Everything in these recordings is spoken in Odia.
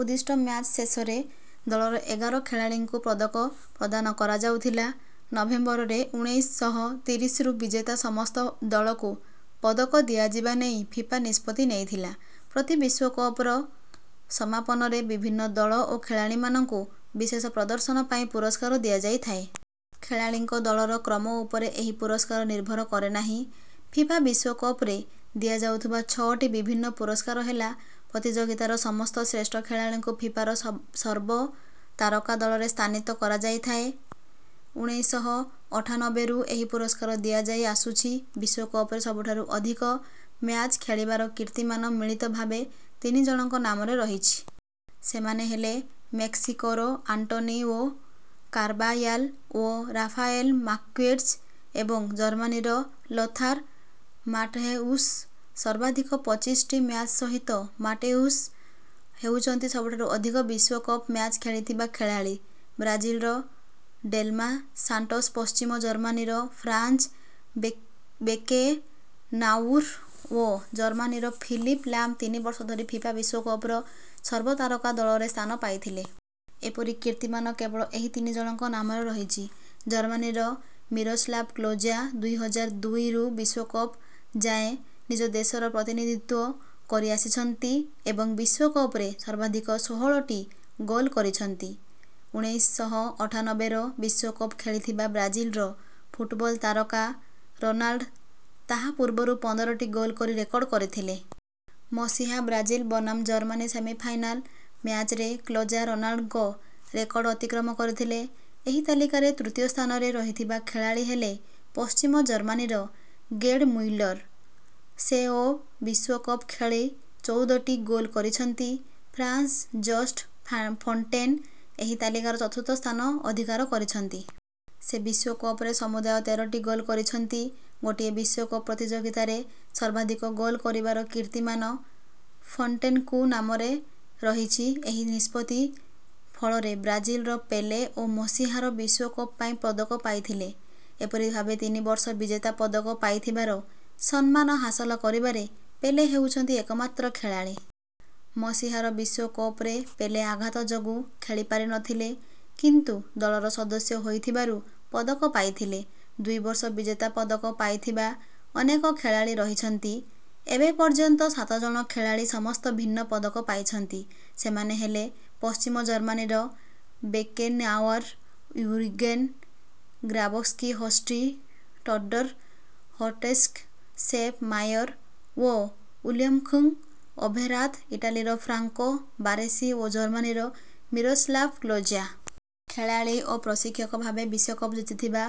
ଉଦ୍ଦିଷ୍ଟ ମ୍ୟାଚ୍ ଶେଷରେ ଦଳର ଏଗାର ଖେଳାଳୀଙ୍କୁ ପଦକ ପ୍ରଦାନ କରାଯାଉଥିଲା। ନଭେମ୍ବରରେ ଉଣେଇଶ ଶହ ତିରିଶରୁ ବିଜେତା ସମସ୍ତ ଦଳକୁ ପଦକ ଦିଆଯିବା ନେଇ ଫିଫା ନିଷ୍ପତ୍ତି ନେଇଥିଲା। ପ୍ରତି ବିଶ୍ୱକପର ସମାପନରେ ବିଭିନ୍ନ ଦଳ ଓ ଖେଳାଳୀମାନଙ୍କୁ ବିଶେଷ ପ୍ରଦର୍ଶନ ପାଇଁ ପୁରସ୍କାର ଦିଆଯାଇଥାଏ। ଖେଳାଳୀଙ୍କ ଦଳର କ୍ରମ ଉପରେ ଏହି ପୁରସ୍କାର ନିର୍ଭର କରେନାହିଁ। ଫିଫା ବିଶ୍ୱକପରେ ଦିଆଯାଉଥିବା ଛଅଟି ବିଭିନ୍ନ ପୁରସ୍କାର ହେଲା ପ୍ରତିଯୋଗିତାର ସମସ୍ତ ଶ୍ରେଷ୍ଠ ଖେଳାଳୀଙ୍କୁ ଫିଫାର ସର୍ବତାରକା ଦଳରେ ସ୍ଥାନୀତ କରାଯାଇଥାଏ। ଉଣେଇଶ ଶହ ଅଠାନବେରୁ ଏହି ପୁରସ୍କାର ଦିଆଯାଇ ଆସୁଛି। ବିଶ୍ୱକପରେ ସବୁଠାରୁ ଅଧିକ ମ୍ୟାଚ୍ ଖେଳିବାର କିର୍ତ୍ତୀମାନ ମିଳିତ ଭାବେ ତିନି ଜଣଙ୍କ ନାମରେ ରହିଛି। ସେମାନେ ହେଲେ ମେକ୍ସିକୋର ଆଣ୍ଟୋନିଓ କାର୍ବାୟାଲ୍ ଓ ରାଫାଏଲ୍ ମାର୍କ୍ୱେଜ୍ ଏବଂ ଜର୍ମାନୀର ଲୋଥାର୍ ମାଟ୍ହେଉସ୍। ସର୍ବାଧିକ ପଚିଶଟି ମ୍ୟାଚ୍ ସହିତ ମାଟ୍ହେଉସ୍ ହେଉଛନ୍ତି ସବୁଠାରୁ ଅଧିକ ବିଶ୍ୱକପ ମ୍ୟାଚ୍ ଖେଳିଥିବା ଖେଳାଳୀ। ବ୍ରାଜିଲର ଡେଲ୍ମା ସାଣ୍ଟୋସ୍ ପଶ୍ଚିମ ଜର୍ମାନୀର ଫ୍ରାଂଜ୍ ବେକେନ୍ବାଉଅର୍ ଓ ଜର୍ମାନୀର ଫିଲିପ୍ ଲାମ୍ ତିନି ବର୍ଷ ଧରି ଫିଫା ବିଶ୍ୱକପର ସର୍ବତାରକା ଦଳରେ ସ୍ଥାନ ପାଇଥିଲେ। ଏପରି କୀର୍ତ୍ତିମାନ କେବଳ ଏହି ତିନିଜଣଙ୍କ ନାମରେ ରହିଛି। ଜର୍ମାନୀର ମିରୋସ୍ଲାଭ୍ କ୍ଲୋଜା ଦୁଇ ହଜାର ଦୁଇରୁ ବିଶ୍ୱକପ ଯାଏଁ ନିଜ ଦେଶର ପ୍ରତିନିଧିତ୍ୱ କରି ଆସିଛନ୍ତି ଏବଂ ବିଶ୍ୱକପରେ ସର୍ବାଧିକ ଷୋହଳଟି ଗୋଲ୍ କରିଛନ୍ତି। ଉଣେଇଶ ଶହ ଅଠାନବେର ବିଶ୍ୱକପ ଖେଳିଥିବା ବ୍ରାଜିଲର ଫୁଟବଲ୍ ତାରକା ରୋନାଲ୍ଡୋ ତାହା ପୂର୍ବରୁ ପନ୍ଦରଟି ଗୋଲ୍ କରି ରେକର୍ଡ଼୍ କରିଥିଲେ। ମସିହା ବ୍ରାଜିଲ୍ ବନାମ ଜର୍ମାନୀ ସେମିଫାଇନାଲ୍ ମ୍ୟାଚ୍ରେ କ୍ଲୋଜା ରୋନାଲ୍ଡୋଙ୍କ ରେକର୍ଡ଼୍ ଅତିକ୍ରମ କରିଥିଲେ। ଏହି ତାଲିକାରେ ତୃତୀୟ ସ୍ଥାନରେ ରହିଥିବା ଖେଳାଳୀ ହେଲେ ପଶ୍ଚିମ ଜର୍ମାନୀର ଗେର୍ଡ୍ ମ୍ୟୁଲର୍। ସେ ଓ ବିଶ୍ୱକପ ଖେଳି ଚଉଦଟି ଗୋଲ୍ କରିଛନ୍ତି। ଫ୍ରାଂସ୍ର ଜଷ୍ଟ୍ ଫୋଣ୍ଟେନ୍ ଏହି ତାଲିକାର ଚତୁର୍ଥ ସ୍ଥାନ ଅଧିକାର କରିଛନ୍ତି। ସେ ବିଶ୍ୱକପରେ ସମୁଦାୟ ତେରଟି ଗୋଲ୍ କରିଛନ୍ତି। ଗୋଟିଏ ବିଶ୍ୱକପ ପ୍ରତିଯୋଗିତାରେ ସର୍ବାଧିକ ଗୋଲ କରିବାର କୀର୍ତ୍ତିମାନ ଫୋଣ୍ଟେନ୍ଙ୍କ ନାମରେ ରହିଛି। ଏହି ନିଷ୍ପତ୍ତି ଫଳରେ ବ୍ରାଜିଲର ପେଲେ ଓ ମସିହାର ବିଶ୍ୱକପ ପାଇଁ ପଦକ ପାଇଥିଲେ। ଏପରି ଭାବେ ତିନି ବର୍ଷ ବିଜେତା ପଦକ ପାଇଥିବାର ସମ୍ମାନ ହାସଲ କରିବାରେ ପେଲେ ହେଉଛନ୍ତି ଏକମାତ୍ର ଖେଳାଳୀ। ମସିହାର ବିଶ୍ୱକପରେ ପେଲେ ଆଘାତ ଯୋଗୁଁ ଖେଳିପାରି ନଥିଲେ କିନ୍ତୁ ଦଳର ସଦସ୍ୟ ହୋଇଥିବାରୁ ପଦକ ପାଇଥିଲେ। ଦୁଇ ବର୍ଷ ବିଜେତା ପଦକ ପାଇଥିବା ଅନେକ ଖେଳାଳୀ ରହିଛନ୍ତି। ଏବେ ପର୍ଯ୍ୟନ୍ତ ସାତ ଜଣ ଖେଳାଳୀ ସମସ୍ତ ଭିନ୍ନ ପଦକ ପାଇଛନ୍ତି। ସେମାନେ ହେଲେ ପଶ୍ଚିମ ଜର୍ମାନୀର Beckenbauer Jurgen Grabowski Horst Dieter Hottges Sepp Maier ଓ ୱୁଲ୍ଫ୍ଗାଂଗ୍ ଓଭେରାଥ୍ ଇଟାଲୀର ଫ୍ରାଂକୋ ବାରେସି ଓ ଜର୍ମାନୀର ମିରୋସ୍ଲାଭ୍ କ୍ଲୋଜା। ଖେଳାଳୀ ଓ ପ୍ରଶିକ୍ଷକ ଭାବେ ବିଶ୍ୱକପ ଜିତିଥିବା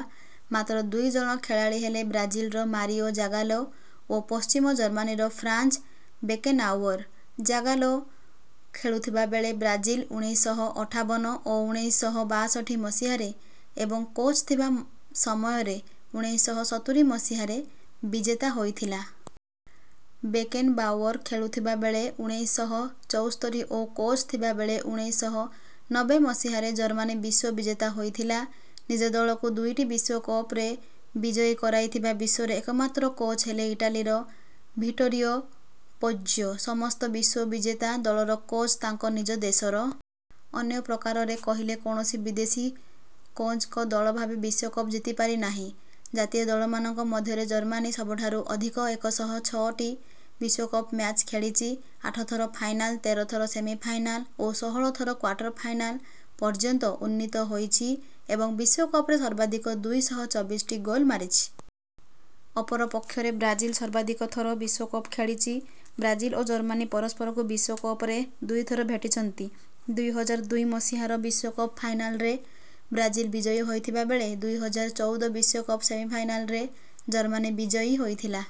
ମାତ୍ର ଦୁଇ ଜଣ ଖେଳାଳୀ ହେଲେ ବ୍ରାଜିଲର ମାରିଓ ଜାଗାଲୋ ଓ ପଶ୍ଚିମ ଜର୍ମାନୀର ଫ୍ରାଂଜ୍ ବେକେନ୍ବାଉଅର୍। ଜାଗାଲୋ ଖେଳୁଥିବା ବେଳେ ବ୍ରାଜିଲ୍ ଉଣେଇଶ ଶହ ଅଠାବନ ଓ ଉଣେଇଶ ଶହ ବାଷଠି ମସିହାରେ ଏବଂ କୋଚ୍ ଥିବା ସମୟରେ ଉଣେଇଶ ଶହ ସତୁରି ମସିହାରେ ବିଜେତା ହୋଇଥିଲା । ବେକେନ୍‍ବାଉଅର୍ ଖେଳୁଥିବା ବେଳେ ଉଣେଇଶ ଶହ ଚଉସ୍ତରୀ ଓ କୋଚ୍ ଥିବା ବେଳେ ଉଣେଇଶ ଶହ ନବ୍ବେ ମସିହାରେ ଜର୍ମାନୀ ବିଶ୍ୱବିଜେତା ହୋଇଥିଲା। ନିଜ ଦଳକୁ ଦୁଇଟି ବିଶ୍ୱକପରେ ବିଜୟୀ କରାଇଥିବା ବିଶ୍ୱର ଏକମାତ୍ର କୋଚ୍ ହେଲେ ଇଟାଲୀର ଭିଟ୍ଟୋରିଓ ପୋଜ୍ଜୋ। ସମସ୍ତ ବିଶ୍ୱବିଜେତା ଦଳର କୋଚ୍ ତାଙ୍କ ନିଜ ଦେଶର। ଅନ୍ୟ ପ୍ରକାରରେ କହିଲେ କୌଣସି ବିଦେଶୀ କୋଚ୍ଙ୍କ ଦଳ କେବେ ବିଶ୍ୱକପ ଜିତିପାରି ନାହିଁ। ଜାତୀୟ ଦଳମାନଙ୍କ ମଧ୍ୟରେ ଜର୍ମାନୀ ସବୁଠାରୁ ଅଧିକ ଏକ ଶହ ଛଅଟି ବିଶ୍ୱକପ ମ୍ୟାଚ୍ ଖେଳିଛି ଆଠ ଥର ଫାଇନାଲ୍ ତେର ଥର ସେମିଫାଇନାଲ୍ ଓ ଷୋହଳ ଥର କ୍ୱାର୍ଟର୍ ଫାଇନାଲ୍ ପର୍ଯ୍ୟନ୍ତ ଉନ୍ନୀତ ହୋଇଛି ଏବଂ ବିଶ୍ୱକପରେ ସର୍ବାଧିକ ଦୁଇ ଶହ ଚବିଶଟି ଗୋଲ୍ ମାରିଛି। ଅପର ପକ୍ଷରେ ବ୍ରାଜିଲ୍ ସର୍ବାଧିକ ଥର ବିଶ୍ୱକପରେ ଖେଳିଛି। ବ୍ରାଜିଲ ଓ ଜର୍ମାନୀ ପରସ୍ପରକୁ ବିଶ୍ୱକପରେ ଦୁଇଥର ଭେଟିଛନ୍ତି। ଦୁଇ ହଜାର ଦୁଇ ମସିହାର ବିଶ୍ୱକପ ଫାଇନାଲରେ ବ୍ରାଜିଲ୍ ବିଜୟୀ ହୋଇଥିବା ବେଳେ ଦୁଇ ହଜାର ଚଉଦ ବିଶ୍ୱକପ ସେମିଫାଇନାଲ୍‍ରେ ଜର୍ମାନୀ ବିଜୟୀ ହୋଇଥିଲା।